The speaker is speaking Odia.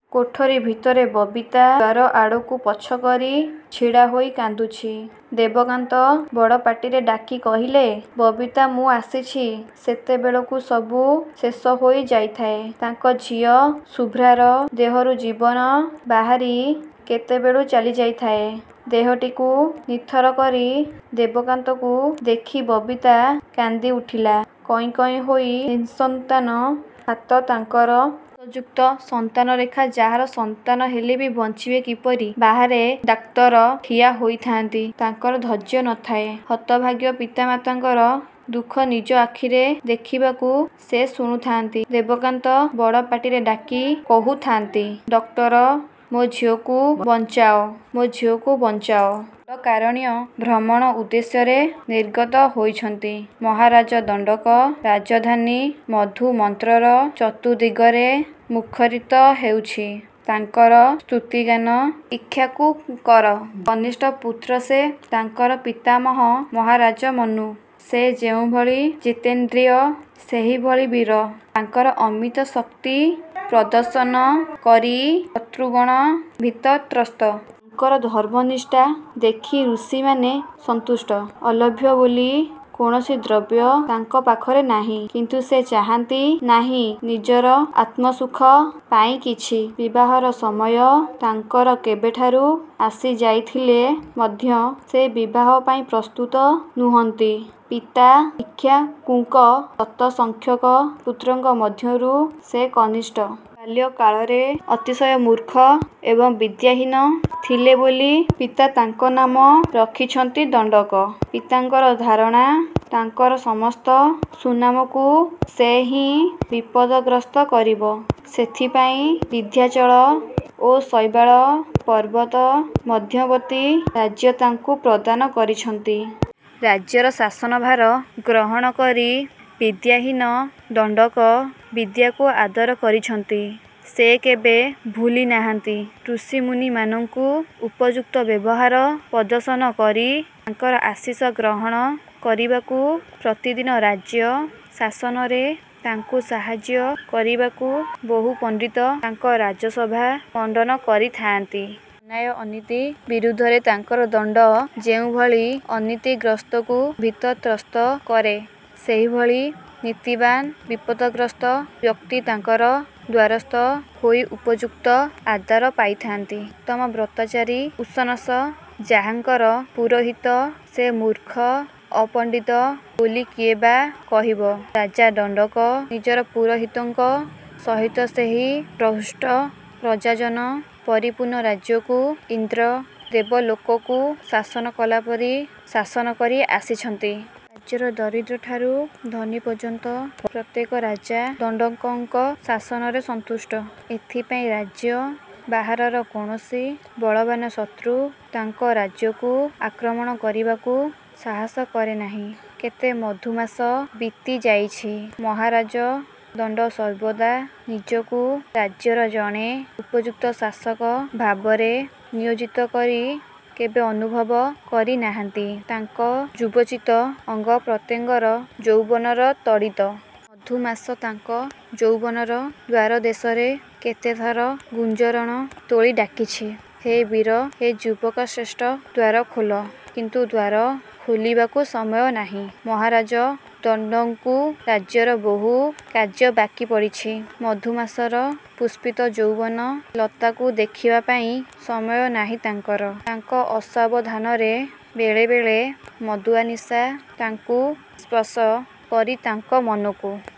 କୋଠରୀ ଭିତରେ ବବିତା ଦ୍ୱାର ଆଡ଼କୁ ପଛ କରି ଛିଡ଼ାହୋଇ କାନ୍ଦୁଛି। ଦେବକାନ୍ତ ବଡ଼ ପାଟିରେ ଡାକି କହିଲେ ବବିତା ମୁଁ ଆସିଛି-। ସେତେବେଳକୁ ସବୁ ଶେଷହୋଇ ଯାଇଥାଏ। ତାଙ୍କ ଝିଅ ଶୁଭ୍ରାର ଦେହରୁ ଜୀବନ ବାହାରି କେତେବେଳୁ ଚାଲିଯାଇଥାଏ ଦେହଟିକୁ ନିଥର କରି। ଦେବକାନ୍ତକୁ ଦେଖି ବବିତା କାନ୍ଦିଉଠିଲା କଇଁ କଇଁ ହୋଇ ନିଃସନ୍ତାନ ହାତ ତାଙ୍କର। ଦୋଷଯୁକ୍ତ ସନ୍ତାନରେଖା ଯାହାର ସନ୍ତାନ ହେଲେବି ବଞ୍ଚିବେ କିପରି? ବାହାରେ ଡାକ୍ତର ଠିଆ ହୋଇଥାନ୍ତି। ତାଙ୍କର ଧୈର୍ଯ୍ୟ ନ ଥାଏ। ହତଭାଗ୍ୟ ପିତାମାନଙ୍କର ଦୁଃଖ ନିଜ ଆଖିରେ ଦେଖିବାକୁ। ସେ ଶୁଣୁଥାନ୍ତି ଦେବକାନ୍ତ ବଡ଼ ପାଟିରେ ଡାକି କହୁଥାନ୍ତି ଡକ୍ଟର ମୋ ଝିଅକୁ ବଞ୍ଚାଅ, ମୋ ଝିଅକୁ ବଞ୍ଚାଅ। ଦଣ୍ଡକାରଣ୍ୟ ଭ୍ରମଣ ଉଦ୍ଦେଶ୍ୟରେ ନିର୍ଗତ ହୋଇଛନ୍ତି ମହାରାଜ ଦଣ୍ଡକ। ରାଜଧାନୀ ମଧୁମନ୍ତ୍ରର ଚତୁର୍ଦ୍ଦିଗରେ ମୁଖରିତ ହେଉଛି ତାଙ୍କର ସ୍ତୁତିଗାନ, ଇକ୍ଷ୍ୱାକୁଙ୍କର କନିଷ୍ଠ ପୁତ୍ର ସେ। ତାଙ୍କର ପିତାମହ ମହାରାଜ ମନୁ। ସେ ଯେଉଁଭଳି ଜିତେନ୍ଦ୍ରିୟ ସେହିଭଳି ବୀର। ତାଙ୍କର ଅମିତ ଶକ୍ତି ପ୍ରଦର୍ଶନ କରି ଶତୃଗଣ ଭୀତତ୍ରସ୍ତ। ତାଙ୍କର ଧର୍ମନିଷ୍ଠା ଦେଖି ଋଷିମାନେ ସନ୍ତୁଷ୍ଟ। ଅଲଭ୍ୟ ବୋଲି କୌଣସି ଦ୍ରବ୍ୟ ତାଙ୍କ ପାଖରେ ନାହିଁ। କିନ୍ତୁ ସେ ଚାହାନ୍ତି ନାହିଁ ନିଜର ଆତ୍ମସୁଖ ପାଇଁ କିଛି। ବିବାହର ସମୟ ତାଙ୍କର କେବେଠାରୁ ଆସିଯାଇଥିଲେ ମଧ୍ୟ ସେ ବିବାହ ପାଇଁ ପ୍ରସ୍ତୁତ ନୁହନ୍ତି। ପିତା ଇକ୍ଷ୍ୱାକୁଙ୍କ ଶତସଂଖ୍ୟକ ପୁତ୍ରଙ୍କ ମଧ୍ୟରୁ ସେ କନିଷ୍ଠ। ବାଲ୍ୟ କାଳରେ ଅତିଶୟ ମୂର୍ଖ ଏବଂ ବିଦ୍ୟାହୀନ ଥିଲେ ବୋଲି ପିତା ତାଙ୍କ ନାମ ରଖିଛନ୍ତି ଦଣ୍ଡକ। ପିତାଙ୍କର ଧାରଣା ତାଙ୍କର ସମସ୍ତ ସୁନାମକୁ ସେ ହିଁ ବିପଦ ଗ୍ରସ୍ତ କରିବ। ସେଥିପାଇଁ ବିନ୍ଧ୍ୟାଚଳ ଓ ଶୈବାଳ ପର୍ବତ ମଧ୍ୟବର୍ତ୍ତୀ ରାଜ୍ୟ ତାଙ୍କୁ ପ୍ରଦାନ କରିଛନ୍ତି। ରାଜ୍ୟର ଶାସନଭାର ଗ୍ରହଣ କରି ବିଦ୍ୟାହୀନ ଦଣ୍ଡକ ବିଦ୍ୟାକୁ ଆଦର କରିଛନ୍ତି। ସେ କେବେ ଭୁଲିନାହାନ୍ତି ଋଷିମୁନିମାନଙ୍କୁ ଉପଯୁକ୍ତ ବ୍ୟବହାର ପ୍ରଦର୍ଶନ କରି ତାଙ୍କର ଆଶିଷ ଗ୍ରହଣ। କରିବାକୁ। ପ୍ରତିଦିନ ରାଜ୍ୟ ଶାସନରେ ତାଙ୍କୁ ସାହାଯ୍ୟ କରିବାକୁ ବହୁ ପଣ୍ଡିତ ତାଙ୍କ ରାଜସଭା ମଣ୍ଡନ କରିଥାଆନ୍ତି। ଅନ୍ୟାୟ ଅନୀତି ବିରୁଦ୍ଧରେ ତାଙ୍କର ଦଣ୍ଡ ଯେଉଁଭଳି ଅନୀତି ଗ୍ରସ୍ଥଙ୍କୁ ଭୀତତ୍ରସ୍ତ କରେ ସେହିଭଳି ନୀତିବାନ୍ ବିପଦଗ୍ରସ୍ଥ ବ୍ୟକ୍ତି ତାଙ୍କର ଦ୍ୱାରସ୍ଥ ହୋଇ ଉପଯୁକ୍ତ ଆଦର ପାଇଥାନ୍ତି। ଉତ୍ତମ ବ୍ରତାଚାରୀ 'ଉଶନସ' ଯାହାଙ୍କର ପୁରୋହିତ ସେ ମୂର୍ଖ ଅପଣ୍ଡିତ ବୋଲି କିଏ ବା କହିବ। ରାଜା ଦଣ୍ଡକ ନିଜର ପୁରୋହିତଙ୍କ ସହିତ ସେହି ପ୍ରହୃଷ୍ଟ ପ୍ରଜାଜନ ପରିପୂର୍ଣ୍ଣ ରାଜ୍ୟକୁ, ଇନ୍ଦ୍ର ଦେବଲୋକକୁ ଶାସନ କଲାପରି ଶାସନ କରି ଆସିଛନ୍ତି। ରାଜ୍ୟର ଦରିଦ୍ରଠାରୁ ଧନୀ ପର୍ଯ୍ୟନ୍ତ ପ୍ରତ୍ୟେକ ରାଜା ଦଣ୍ଡକଙ୍କ ଶାସନରେ ସନ୍ତୁଷ୍ଟ। ଏଥିପାଇଁ ରାଜ୍ୟ ବାହାରର କୌଣସି ବଳବାନ ଶତ୍ରୁ ତାଙ୍କ ରାଜ୍ୟକୁ ଆକ୍ରମଣ କରିବାକୁ ସାହସ କରେ ନାହିଁ। କେତେ ମଧୁମାସ ବିତିଯାଇଛି। ମହାରାଜ ଦଣ୍ଡ ସର୍ବଦା ନିଜକୁ ରାଜ୍ୟର ଜଣେ ଉପଯୁକ୍ତ ଶାସକ ଭାବରେ ନିୟୋଜିତ କରି କେବେ ଅନୁଭବ କରିନାହାନ୍ତି ତାଙ୍କ ଯୁବୋଚିତ ଅଙ୍ଗପ୍ରତ୍ୟଙ୍ଗର ଯୌବନର ତଡ଼ିତ୍। ମଧୁମାସ ତାଙ୍କ ଯୌବନର ଦ୍ୱାରଦେଶରେ କେତେଥର ଗୁଞ୍ଜରଣ ତୋଳି ଡାକିଛି, ହେ ବୀର! ହେ ଯୁବକଶ୍ରେଷ୍ଠ ଦ୍ୱାର ଖୋଲ। କିନ୍ତୁ ଦ୍ୱାର ଖୋଲିବାକୁ ସମୟ ନାହିଁ ମହାରାଜ ଦଣ୍ଡଙ୍କୁ। ରାଜ୍ୟର ବହୁ କାର୍ଯ୍ୟ ବାକିପଡ଼ିଛି-ମଧୁମାସର ପୁଷ୍ପିତ ଯୌବନ ଲତାକୁ ଦେଖିବାପାଇଁ ସମୟ ନାହିଁ ତାଙ୍କର। ତାଙ୍କ ଅସାବଧାନରେ ବେଳେବେଳେ ମଦୁଆ ନିଶା ତାଙ୍କୁ ସ୍ପର୍ଶ କରି ତାଙ୍କ ମନକୁ